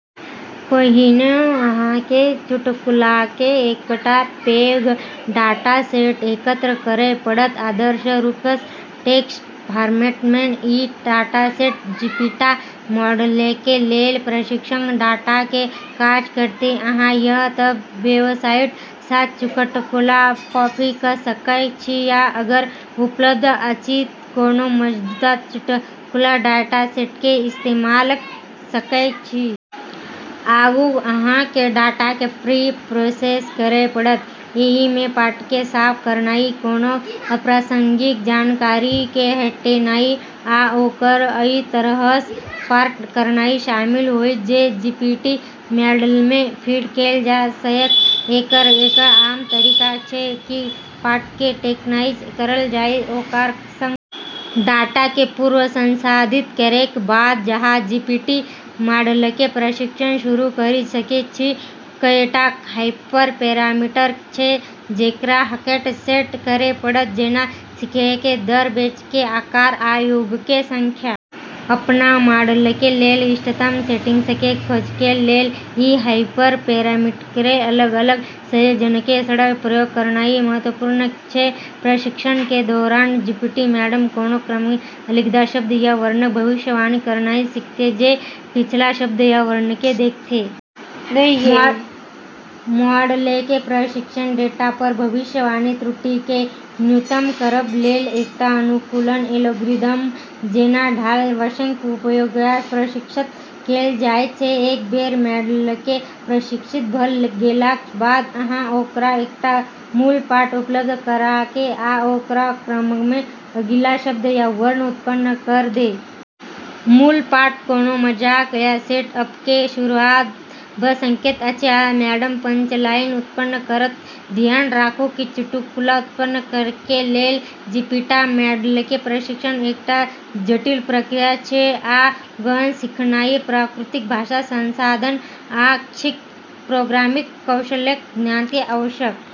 पहिने अहाँके चुटकुलाके एकटा पैघ डाटासेट एकत्र करय पड़त, आदर्श रूपसँ टेक्स्ट फॉर्मेटमे। ई डाटासेट जीपीटी मॉडलके लेल प्रशिक्षण डाटाके काज करतै। अहाँ या त' वेबसाइट सँ चुटकुला कॉपी क' सकय छी या अगर उपलब्ध अछि त' कोनो मौजूदा चुटकुला डाटासेटके इस्तेमाल क' सकय छी । आगू, अहाँके डाटाके प्री- प्रोसेस करय पड़त । एहिमे पाठके साफ करनाइ, कोनो अप्रासंगिक जानकारीके हटेनाइ, आ ओकरा अइ तरहसँ फॉर्मेट करनाइ शामिल होइत जे जीपीटी मॉडलमे फीड कैल जा सकय। एकर एगो आम तरीका छै कि पाठके टोकनाइज करल जाइ, ओकरा संख्यात्मक मानके क्रममे बदलल जाइत छै जे अलग-अलग शब्द या वर्णके प्रतिनिधित्व करै छै। डाटाके पूर्व संसाधित करैके बाद, अहाँ जीपीटी मॉडलके प्रशिक्षण शुरू करि सकै छी । कएटा हाइपर- पैरामीटर छै जेकरा अहाँके सेट करै पड़त, जेना सीखयके दर, बैचके आकार, आ युगके संख्या । अपन मॉडलके लेल इष्टतम सेटिंग्सके खोजैके लेल ई हाइपर- पैरामीटरके अलग-अलग संयोजनके सङ्ग प्रयोग करनाइ महत्वपूर्ण छै । प्रशिक्षणके दौरान जीपीटी मॉडल कोनो क्रममे अगिला शब्द या वर्णके भविष्यवाणी करनाइ सीखतै, जे पिछला शब्द या वर्णके देखतै । मॉडलके प्रशिक्षण डेटा पर भविष्यवाणी त्रुटिके न्यूनतम करबा लेल एकटा अनुकूलन एल्गोरिदम, जेना ढाल वंशके उपयोगसँ प्रशिक्षित कैल जाइत छै । एक बेर मॉडलके प्रशिक्षित भ' गेलाक बाद, अहाँ ओकरा एकटा मूल पाठ उपलब्ध कराके आ ओकरा क्रममे अगिला शब्द या वर्ण उत्पन्न करै द' क' चुटकुला उत्पन्न करबा लेल उपयोग करि सकै छी । मूल पाठ कोनो मजाक या सेटअपके शुरुआत भ' सकैत अछि, आ मॉडल पंचलाइन उत्पन्न करत। धियान राखु, कि चुटकुला उत्पन्न करैके लेल जीपीटी मॉडलके प्रशिक्षण एकटा जटिल प्रक्रिया छै, आ गहन सिखनाइ, प्राकृतिक भाषा संसाधन, आ किछ प्रोग्रामिंग कौशलक ज्ञानके आवश्यकता छै।